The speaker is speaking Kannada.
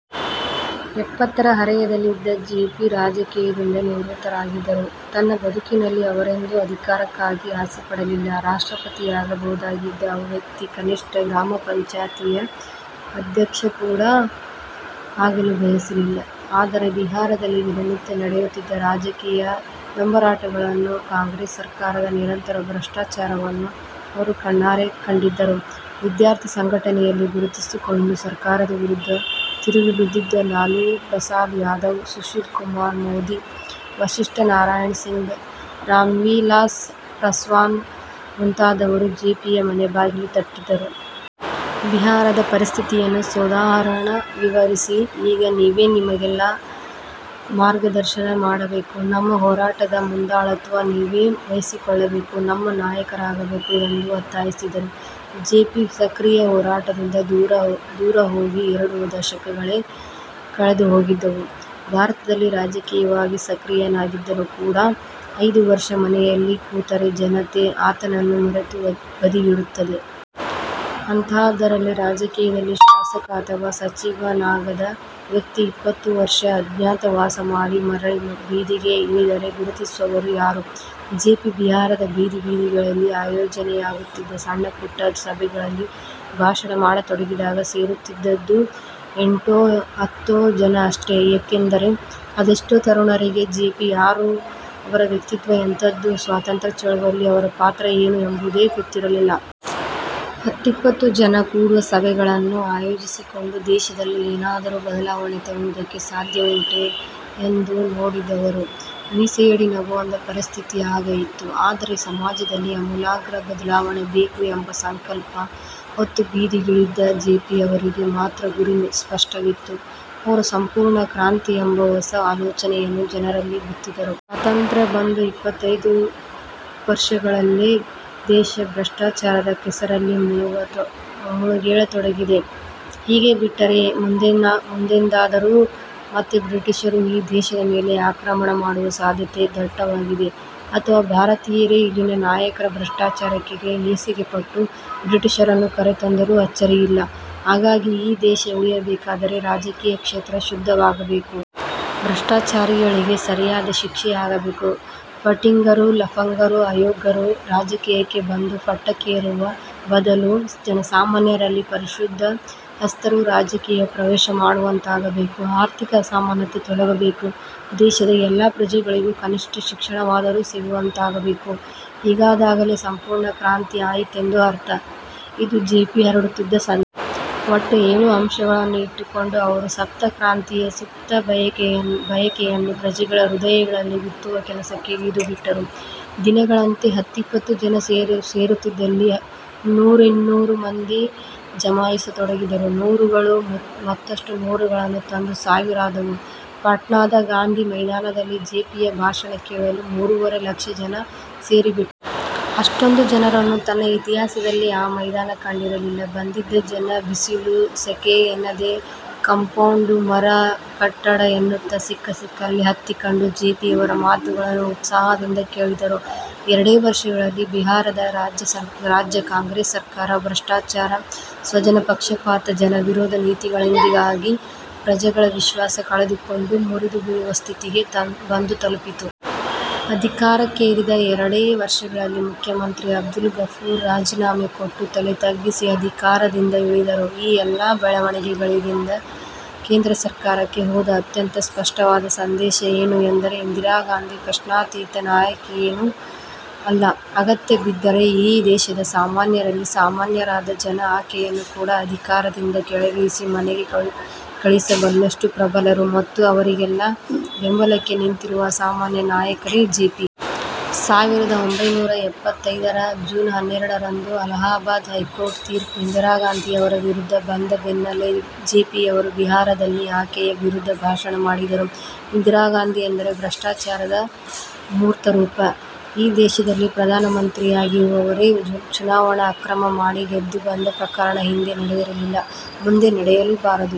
ಎಪ್ಪತ್ತರ ಹರೆಯದಲ್ಲಿದ್ದ ಜೆಪಿ, ರಾಜಕೀಯದಿಂದ ನಿವೃತ್ತರಾಗಿದ್ದರು. ತನ್ನ ಬದುಕಿನಲ್ಲಿ ಅವರೆಂದೂ ಅಧಿಕಾರಕ್ಕಾಗಿ ಆಸೆಪಡಲಿಲ್ಲ. ರಾಷ್ಟ್ರಪತಿಯಾಗಬಹುದಾಗಿದ್ದ ವ್ಯಕ್ತಿ ಕನಿಷ್ಠ ಗ್ರಾಮ ಪಂಚಾಯತಿಯ ಅಧ್ಯಕ್ಷ ಕೂಡ ಆಗಲು ಬಯಸಲಿಲ್ಲ. ಆದರೆ, ಬಿಹಾರದಲ್ಲಿ ದಿನನಿತ್ಯ ನಡೆಯುತ್ತಿದ್ದ ರಾಜಕೀಯ ದೊಂಬರಾಟಗಳನ್ನೂ, ಕಾಂಗ್ರೆಸ್ ಸರಕಾರದ ನಿರಂತರ ಭ್ರಷ್ಟಾಚಾರವನ್ನೂ ಅವರು ಕಣ್ಣಾರೆ ಕಂಡಿದ್ದರು. ವಿದ್ಯಾರ್ಥಿ ಸಂಘಟನೆಯಲ್ಲಿ ಗುರುತಿಸಿಕೊಂಡು ಸರಕಾರದ ವಿರುದ್ಧ ತಿರುಗಿಬಿದ್ದಿದ್ದ ಲಾಲೂ ಪ್ರಸಾದ್ ಯಾದವ್, ಸುಶೀಲ್ ಕುಮಾರ್ ಮೋದಿ, ವಸಿಷ್ಠ ನಾರಾಯಣ ಸಿಂಗ್, ರಾಮ್ವಿಲಾಸ್ ಪಾಸ್ವಾನ್ ಮುಂತಾದವರು ಜೆಪಿಯ ಮನೆಬಾಗಿಲು ತಟ್ಟಿದರು. ಬಿಹಾರದ ಪರಿಸ್ಥಿತಿಯನ್ನು ಸೋದಾಹರಣ ವಿವರಿಸಿ, ಈಗ ನೀವೇ ನಮಗೆಲ್ಲ ಮಾರ್ಗದರ್ಶನ ಮಾಡಬೇಕು. ನಮ್ಮ ಹೋರಾಟದ ಮುಂದಾಳುತ್ವ ನೀವೇ ವಹಿಸಿಕೊಳ್ಳಬೇಕು. ನಮ್ಮ ನಾಯಕರಾಗಬೇಕು ಎಂದು ಒತ್ತಾಯಿಸಿದರು. ಜೆಪಿ, ಸಕ್ರಿಯ ಹೋರಾಟದಿಂದ ದೂರ ಹೋಗಿ ಎರಡು ದಶಕಗಳೇ ಕಳೆದುಹೋಗಿದ್ದವು. ಭಾರತದಲ್ಲಿ ರಾಜಕೀಯವಾಗಿ ಸಕ್ರಿಯನಾಗಿದ್ದವನು ಕೂಡ ಐದು ವರ್ಷ ಮನೆಯಲ್ಲಿ ಕೂತರೆ ಜನತೆ ಆತನನ್ನು ಮರೆತು ಬದಿಗಿಡುತ್ತದೆ. ಅಂಥಾದ್ದರಲ್ಲಿ ರಾಜಕೀಯದಲ್ಲಿ ಶಾಸಕ ಅಥವಾ ಸಚಿವನಾಗದ ವ್ಯಕ್ತಿ ಇಪ್ಪತ್ತು ವರ್ಷ ಅಜ್ಞಾತವಾಸ ಮಾಡಿ ಮರಳಿ ಬೀದಿಗೆ ಇಳಿದರೆ ಗುರುತಿಸುವವರು ಯಾರು? ಜೆಪಿ ಬಿಹಾರದ ಬೀದಿ ಬೀದಿಗಳಲ್ಲಿ ಆಯೋಜನೆಯಾಗುತ್ತಿದ್ದ ಸಣ್ಣಪುಟ್ಟ ಸಭೆಗಳಲ್ಲಿ ಭಾಷಣ ಮಾಡತೊಡಗಿದಾಗ ಸೇರುತ್ತಿದ್ದದ್ದು ಎಂಟೋ ಹತ್ತೋ ಜನ ಅಷ್ಟೆ. ಯಾಕೆಂದರೆ ಅದೆಷ್ಟೋ ತರುಣರಿಗೆ ಜೆಪಿ ಯಾರು, ಅವರ ವ್ಯಕ್ತಿತ್ವ ಎಂಥಾದ್ದು, ಸ್ವಾತಂತ್ರ್ಯ ಚಳವಳಿಯಲ್ಲಿ ಅವರ ಪಾತ್ರ ಏನು ಎಂಬುದೇ ಗೊತ್ತಿರಲಿಲ್ಲ. ಹತ್ತಿಪ್ಪತ್ತು ಜನ ಕೂಡುವ ಸಭೆಗಳನ್ನು ಆಯೋಜಿಸಿಕೊಂಡು ದೇಶದಲ್ಲಿ ಏನಾದರೂ ಬದಲಾವಣೆ ತರುವುದಕ್ಕೆ ಸಾಧ್ಯವುಂಟೇ ಎಂದು, ನೋಡಿದವರು ಮೀಸೆಯಡಿ ನಗುವಂಥ ಪರಿಸ್ಥಿತಿ ಆಗ ಇತ್ತು. ಆದರೆ, ಸಮಾಜದಲ್ಲಿ ಆಮೂಲಾಗ್ರ ಬದಲಾವಣೆ ಬೇಕು ಎಂಬ ಸಂಕಲ್ಪ ಹೊತ್ತು ಬೀದಿಗಿಳಿದಿದ್ದ ಜೆಪಿಯವರಿಗೆ ಮಾತ್ರ ಗುರಿ ಸ್ಪಷ್ಟವಿತ್ತು. ಅವರು ಸಂಪೂರ್ಣ ಕ್ರಾಂತಿ ಎಂಬ ಹೊಸ ಆಲೋಚನೆಯನ್ನು ಜನರಲ್ಲಿ ಬಿತ್ತಿದರು. ಸ್ವಾತಂತ್ರ್ಯ ಬಂದು ಇಪ್ಪತ್ತೈದು ವರ್ಷಗಳಲ್ಲೇ ದೇಶ ಭ್ರಷ್ಟಾಚಾರದ ಕೆಸರಲ್ಲಿ ಮುಳುಗೇಳತೊಡಗಿದೆ. ಹೀಗೇ ಬಿಟ್ಟರೆ ಮುಂದೆಂದಾದರೂ ಮತ್ತೆ ಬ್ರಿಟಿಷರು ಈ ದೇಶದ ಮೇಲೆ ಆಕ್ರಮಣ ಮಾಡುವ ಸಾಧ್ಯತೆ ದಟ್ಟವಾಗಿದೆ. ಅಥವಾ ಭಾರತೀಯರೇ ಇಲ್ಲಿನ ನಾಯಕರ ಭ್ರಷ್ಟಾಚಾರಕ್ಕೆ ಹೇಸಿಗೆಪಟ್ಟು ಬ್ರಿಟಿಷರನ್ನು ಕರೆತಂದರೂ ಅಚ್ಚರಿಯಿಲ್ಲ. ಹಾಗಾಗಿ ಈ ದೇಶ ಉಳಿಯಬೇಕಾದರೆ ರಾಜಕೀಯ ಕ್ಷೇತ್ರ ಶುದ್ಧವಾಗಬೇಕು. ಭ್ರಷ್ಟಾಚಾರಿಗಳಿಗೆ ಸರಿಯಾದ ಶಿಕ್ಷೆಯಾಗಬೇಕು. ಫಟಿಂಗರು, ಲಫಂಗರು, ಅಯೋಗ್ಯರು ರಾಜಕೀಯಕ್ಕೆ ಬಂದು ಪಟ್ಟಕ್ಕೇರುವ ಬದಲು ಜನಸಾಮಾನ್ಯರಲ್ಲಿ ಪರಿಶುದ್ಧ ಹಸ್ತರು ರಾಜಕೀಯ ಪ್ರವೇಶ ಮಾಡುವಂತಾಗಬೇಕು. ಆರ್ಥಿಕ ಅಸಮಾನತೆ ತೊಲಗಬೇಕು. ದೇಶದ ಎಲ್ಲ ಪ್ರಜೆಗಳಿಗೂ ಕನಿಷ್ಠ ಶಿಕ್ಷಣವಾದರೂ ಸಿಗುವಂತಾಗಬೇಕು. ಹೀಗಾದಾಗಲೇ ಸಂಪೂರ್ಣ ಕ್ರಾಂತಿ ಆಯಿತೆಂದು ಅರ್ಥ. ಇದು ಜೆಪಿ ಹರಡುತ್ತಿದ್ದ ಸಂದೇಶ. ಒಟ್ಟು ಏಳು ಅಂಶಗಳನ್ನು ಇಟ್ಟುಕೊಂಡು ಅವರು ಸಪ್ತಕ್ರಾಂತಿಯ ಸುಪ್ತ ಬಯಕೆಯನ್ನು ಪ್ರಜೆಗಳ ಹೃದಯಗಳಲ್ಲಿ ಬಿತ್ತುವ ಕೆಲಸಕ್ಕೆ ಇಳಿದುಬಿಟ್ಟರು. ದಿನಗಳೆದಂತೆ, ಹತ್ತಿಪ್ಪತ್ತು ಜನ ಸೇರುತ್ತಿದ್ದಲ್ಲಿ ನೂರಿನ್ನೂರು ಮಂದಿ ಜಮಾಯಿಸತೊಡಗಿದರು. ನೂರುಗಳು ಮತ್ತಷ್ಟು ನೂರುಗಳನ್ನು ತಂದು ಸಾವಿರವಾದವು. ಪಾಟ್ನಾದ ಗಾಂಧಿ ಮೈದಾನದಲ್ಲಿ ಜೆಪಿಯ ಭಾಷಣ ಕೇಳಲು ಮೂರೂವರೆ ಲಕ್ಷ ಜನ ಸೇರಿಬಿಟ್ಟರು. ಅಷ್ಟೊಂದು ಜನರನ್ನು ತನ್ನ ಇತಿಹಾಸದಲ್ಲೇ ಆ ಮೈದಾನ ಕಂಡಿರಲಿಲ್ಲ. ಬಂದಿದ್ದ ಜನ ಬಿಸಿಲು, ಸೆಖೆ ಎನ್ನದೆ ಕಂಪೌಂಡು, ಮರ, ಕಟ್ಟಡ ಎನ್ನುತ್ತ ಸಿಕ್ಕಸಿಕ್ಕಲ್ಲಿ ಹತ್ತಿಕೂತು ಜೆಪಿಯವರ ಮಾತುಗಳನ್ನು ಉತ್ಸಾಹದಿಂದ ಕೇಳಿದರು. ಎರಡೇ ವರ್ಷಗಳಲ್ಲಿ ಬಿಹಾರದ ರಾಜ್ಯ ಕಾಂಗ್ರೆಸ್ ಸರಕಾರ ಭ್ರಷ್ಟಾಚಾರ, ಸ್ವಜನಪಕ್ಷಪಾತ, ಜನವಿರೋಧಿ ನೀತಿಗಳಿಂದಾಗಿ ಪ್ರಜೆಗಳ ವಿಶ್ವಾಸ ಕಳೆದುಕೊಂಡು ಮುರಿದುಬೀಳುವ ಸ್ಥಿತಿಗೆ ಬಂದು ತಲುಪಿತು. ಅಧಿಕಾರಕ್ಕೇರಿದ ಎರಡೇ ವರ್ಷಗಳಲ್ಲಿ ಮುಖ್ಯಮಂತ್ರಿ ಅಬ್ದುಲ್ ಗಫೂರ್ ರಾಜೀನಾಮೆ ಕೊಟ್ಟು ತಲೆತಗ್ಗಿಸಿ ಅಧಿಕಾರದಿಂದ ಇಳಿದರು. ಈ ಎಲ್ಲ ಬೆಳವಣಿಗೆಗಳಿಂದ ಕೇಂದ್ರ ಸರ್ಕಾರಕ್ಕೆ ಹೋದ ಅತ್ಯಂತ ಸ್ಪಷ್ಟವಾದ ಸಂದೇಶ ಏನು ಎಂದರೆ, ಇಂದಿರಾಗಾಂಧಿ ಪ್ರಶ್ನಾತೀತ ನಾಯಕಿಯೇನೂ ಅಲ್ಲ, ಅಗತ್ಯ ಬಿದ್ದರೆ ಈ ದೇಶದ ಸಾಮಾನ್ಯರಲ್ಲಿ ಸಾಮಾನ್ಯರಾದ ಜನ ಆಕೆಯನ್ನು ಕೂಡ ಅಧಿಕಾರದಿಂದ ಕೆಳಗಿಳಿಸಿ ಮನೆಗೆ ಕಳಿಸಬಲ್ಲಷ್ಟು ಪ್ರಬಲರು ಮತ್ತು ಅವರಿಗೆಲ್ಲ ಬೆಂಬಲಕ್ಕೆ ನಿಂತಿರುವ ಅಸಾಮಾನ್ಯ ನಾಯಕರೇ ಜೆಪಿ. ಸಾವಿರದ ಒಂಬೈನೂರಾ ಎಪ್ಪತ್ತೈದರ ಜೂನ್ ಹನ್ನೆರಡರಂದು ಅಲಹಾಬಾದ್ ಹೈಕೋರ್ಟ್ ತೀರ್ಪು ಇಂದಿರಾಗಾಂಧಿಯವರ ವಿರುದ್ಧ ಬಂದ ಬೆನ್ನಲ್ಲೇ ಜೆಪಿಯವರು ಬಿಹಾರದಲ್ಲಿ ಆಕೆಯ ವಿರುದ್ಧ ಭಾಷಣ ಮಾಡಿದರು. ಇಂದಿರಾಗಾಂಧಿ ಎಂದರೆ ಭ್ರಷ್ಟಾಚಾರದ ಮೂರ್ತರೂಪ. ಈ ದೇಶದಲ್ಲಿ ಪ್ರಧಾನಮಂತ್ರಿಯಾಗಿರುವವರೇ ಚುನಾವಣಾ ಅಕ್ರಮ ಮಾಡಿ ಗೆದ್ದುಬಂದ ಪ್ರಕರಣ ಹಿಂದೆ ನಡೆದಿರಲಿಲ್ಲ, ಮುಂದೆ ನಡೆಯಲೂಬಾರದು.